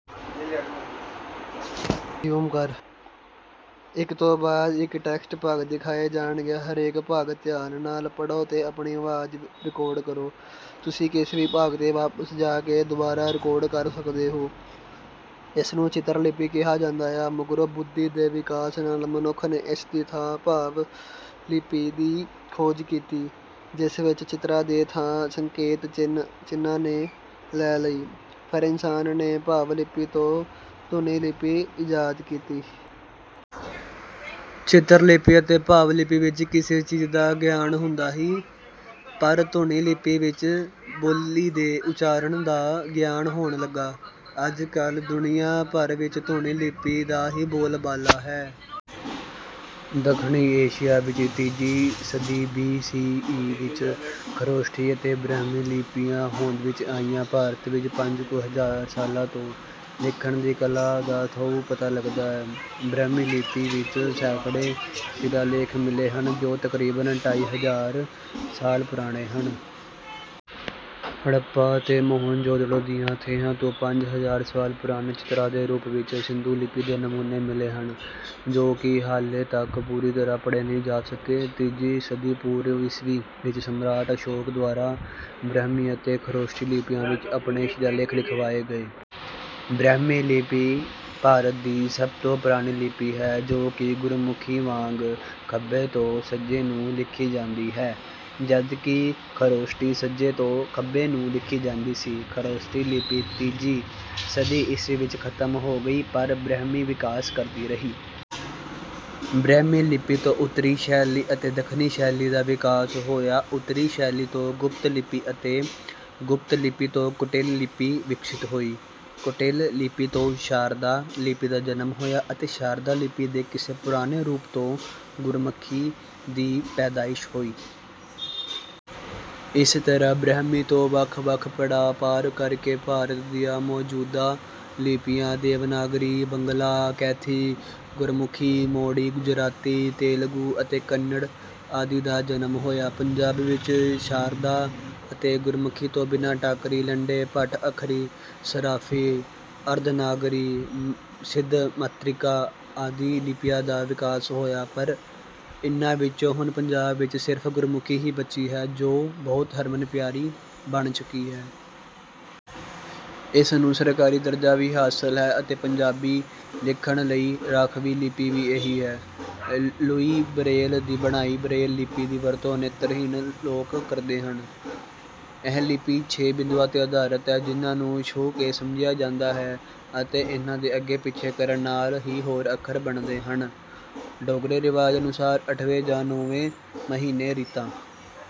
ਇਸਨੂੰ 'ਚਿਤਰ ਲਿਪੀ' ਕਿਹਾ ਜਾਂਦਾ ਹੈ। ਮਗਰੋਂ ਬੁੱਧੀ ਦੇ ਵਿਕਾਸ ਨਾਲ਼ ਮਨੁੱਖ ਨੇ ਇਸ ਦੀ ਥਾਂ 'ਭਾਵ ਲਿਪੀ' ਦੀ ਖੋਜ ਕੀਤੀ, ਜਿਸ ਵਿੱਚ ਚਿਤਰਾਂ ਦੀ ਥਾਂ ਸੰਕੇਤ-ਚਿੰਨ੍ਹਾਂ ਨੇ ਲੈ ਲਈ। ਫਿਰ ਇਨਸਾਨ ਨੇ 'ਭਾਵ ਲਿਪੀ' ਤੋਂ 'ਧੁਨੀ ਲਿਪੀ' ਈਜਾਦ ਕੀਤੀ। 'ਚਿਤਰ ਲਿਪੀ' ਅਤੇ 'ਭਾਵ ਲਿਪੀ' ਵਿੱਚ ਕਿਸੇ ਚੀਜ਼ ਦਾ ਹੀ ਗਿਆਨ ਹੁੰਦਾ ਸੀ, ਪਰ 'ਧੁਨੀ ਲਿਪੀ' ਵਿੱਚ ਬੋਲੀ ਦੇ ਉਚਾਰਣ ਦਾ ਗਿਆਨ ਹੋਣ ਲੱਗਾ। ਅੱਜ-ਕੱਲ੍ਹ ਦੁਨੀਆਂ ਭਰ ਵਿੱਚ 'ਧੁਨੀ' ਲਿਪੀਆਂ ਦਾ ਹੀ ਬੋਲਬਾਲਾ ਹੈ। ਦੱਖਣੀ ਏਸ਼ੀਆ ਵਿੱਚ ਤੀਜੀ ਸਦੀ ਬੀ. ਸੀ. ਈ. ਵਿੱਚ ਖ਼ਰੋਸ਼ਠੀ ਅਤੇ ਬ੍ਰਹਮੀ ਲਿਪੀਆਂ ਹੋਂਦ ਵਿੱਚ ਆਈਆਂ। ਭਾਰਤ ਵਿੱਚ ਪੰਜ ਕੁ ਹਜ਼ਾਰ ਸਾਲਾਂ ਤੋਂ ਲਿਖਣ ਦੀ ਕਲਾ ਦਾ ਥਹੁ-ਪਤਾ ਲੱਗਦਾ ਹੈ। ਬ੍ਰਹਮੀ ਲਿਪੀ ਵਿੱਚ ਸੈਂਕੜੇ ਸ਼ਿਲਾਲੇਖ ਮਿਲੇ ਹਨ, ਜੋ ਤਕਰੀਬਨ ਢਾਈ ਹਜ਼ਾਰ ਸਾਲ ਪੁਰਾਣੇ ਹਨ। ਹੜੱਪਾ ਤੇ ਮੋਹਿੰਜੋਦੜੋ ਦੀਆਂ ਥੇਹਾਂ ਤੋਂ ਪੰਜ ਹਜ਼ਾਰ ਸਾਲ ਪੁਰਾਣੇ ਚਿਤਰਾਂ ਦੇ ਰੂਪ ਵਿੱਚ ਸਿੰਧੂ ਲਿਪੀ ਦੇ ਨਮੂਨੇ ਮਿਲੇ ਹਨ, ਜੋ ਕਿ ਹਾਲੇ ਤੱਕ ਪੂਰੀ ਤਰ੍ਹਾਂ ਪੜ੍ਹੇ ਨਹੀਂ ਜਾ ਸਕੇ। ਤੀਜੀ ਸਦੀ ਪੂਰਵ-ਈਸਵੀ ਵਿੱਚ ਸਮਰਾਟ ਅਸ਼ੋਕ ਦੁਆਰਾ ਬ੍ਰਹਮੀ ਅਤੇ ਖ਼ਰੋਸ਼ਠੀ ਲਿਪੀਆਂ ਵਿੱਚ ਆਪਣੇ ਸ਼ਿਲਾਲੇਖ ਲਿਖਵਾਏ ਗਏ। ਬ੍ਰਹਮੀ ਲਿਪੀ ਭਾਰਤ ਦੀ ਸਭ ਤੋਂ ਪੁਰਾਣੀ ਲਿਪੀ ਹੈ, ਜੋ ਕਿ ਗੁਰਮੁਖੀ ਵਾਂਗ ਖੱਬੇ ਤੋਂ ਸੱਜੇ ਨੂੰ ਲਿਖੀ ਜਾਂਦੀ ਹੈ, ਜਦਕਿ ਖ਼ਰੋਸ਼ਠੀ ਸੱਜੇ ਤੋਂ ਖੱਬੇ ਨੂੰ ਲਿਖੀ ਜਾਂਦੀ ਸੀ। ਖ਼ਰੋਸ਼ਠੀ ਲਿਪੀ ਤੀਜੀ ਸਦੀ ਈਸਵੀ ਵਿੱਚ ਖ਼ਤਮ ਹੋ ਗਈ, ਪਰ ਬ੍ਰਹਮੀ ਵਿਕਾਸ ਕਰਦੀ ਰਹੀ। ਬ੍ਰਹਮੀ ਲਿਪੀ ਤੋਂ ਉੱਤਰੀ ਸ਼ੈਲੀ ਅਤੇ ਦੱਖਣੀ ਸ਼ੈਲੀ ਦਾ ਵਿਕਾਸ ਹੋਇਆ। ਉੱਤਰੀ ਸ਼ੈਲੀ ਤੋਂ ਗੁਪਤ ਲਿਪੀ ਅਤੇ ਗੁਪਤ ਲਿਪੀ ਤੋਂ ਕੁਟਿਲ ਲਿਪੀ ਵਿਕਸਿਤ ਹੋਈ। ਕੁਟਿਲ ਲਿਪੀ ਤੋਂ ਸ਼ਾਰਦਾ ਲਿਪੀ ਦਾ ਜਨਮ ਹੋਇਆ ਅਤੇ ਸ਼ਾਰਦਾ ਲਿਪੀ ਦੇ ਕਿਸੇ ਪੁਰਾਣੇ ਰੂਪ ਤੋਂ ਗੁਰਮੁਖੀ ਦੀ ਪੈਦਾਇਸ਼ ਹੋਈ। ਇਸ ਤਰ੍ਹਾਂ ਬ੍ਰਹਮੀ ਤੋਂ ਵੱਖ-ਵੱਖ ਪੜਾਅ ਪਾਰ ਕਰ ਕੇ ਭਾਰਤ ਦੀਆਂ ਮੌਜੂਦਾ ਲਿਪੀਆਂ- ਦੇਵਨਾਗਰੀ, ਬੰਗਲਾ, ਕੈਥੀ, ਗੁਰਮੁਖੀ, ਮੋੜੀ, ਗੁਜਰਾਤੀ, ਤੇਲਗੂ ਅਤੇ ਕੰਨੜ ਆਦਿ ਦਾ ਜਨਮ ਹੋਇਆ। ਪੰਜਾਬ ਵਿੱਚ ਸ਼ਾਰਦਾ ਅਤੇ ਗੁਰਮੁਖੀ ਤੋਂ ਬਿਨਾਂ ਟਾਕਰੀ, ਲੰਡੇ, ਭੱਟ ਅੱਖਰੀ, ਸਰਾਫ਼ੀ, ਅਰਧ-ਨਾਗਰੀ, ਸਿੱਧ-ਮਾਤ੍ਰਿਕਾ ਆਦਿ ਲਿਪੀਆਂ ਦਾ ਵਿਕਾਸ ਹੋਇਆ ਪਰ ਇਹਨਾਂ ਵਿੱਚੋਂ ਹੁਣ ਪੰਜਾਬ ਵਿੱਚ ਸਿਰਫ਼ ਗੁਰਮੁਖੀ ਹੀ ਬਚੀ ਹੈ, ਜੋ ਬਹੁਤ ਹਰਮਨ-ਪਿਆਰੀ ਬਣ ਚੁੱਕੀ ਹੈ। ਇਸ ਨੂੰ ਸਰਕਾਰੀ ਦਰਜਾ ਵੀ ਹਾਸਲ ਹੈ ਅਤੇ ਪੰਜਾਬੀ ਲਿਖਣ ਲਈ ਰਾਖਵੀਂ ਲਿਪੀ ਵੀ ਇਹੀ ਹੈ। ਲੂਈ ਬਰੇਲ ਦੀ ਬਣਾਈ ਬਰੇਲ ਲਿਪੀ ਦੀ ਵਰਤੋਂ ਨੇਤਰਹੀਣ ਲੋਕ ਕਰਦੇ ਹਨ। ਇਹ ਲਿਪੀ ਛੇ ਬਿੰਦੂਆਂ 'ਤੇ ਅਧਾਰਤ ਹੈ ਜਿਨ੍ਹਾਂ ਨੂੰ ਛੂਹ ਕੇ ਸਮਝਿਆ ਜਾਂਦਾ ਹੈ ਅਤੇ ਇਹਨਾਂ ਦੇ ਅੱਗੇ-ਪਿੱਛੇ ਕਰਨ ਨਾਲ਼ ਹੀ ਹੋਰ ਅੱਖਰ ਬਣਦੇ ਹਨ। ਡੋਗਰੇ ਰਿਵਾਜ਼ ਅਨੁਸਾਰ ਅੱਠਵੇਂ ਜਾਂ ਨੌਵੇਂ ਮਹੀਨੇ ਰੀਤਾਂ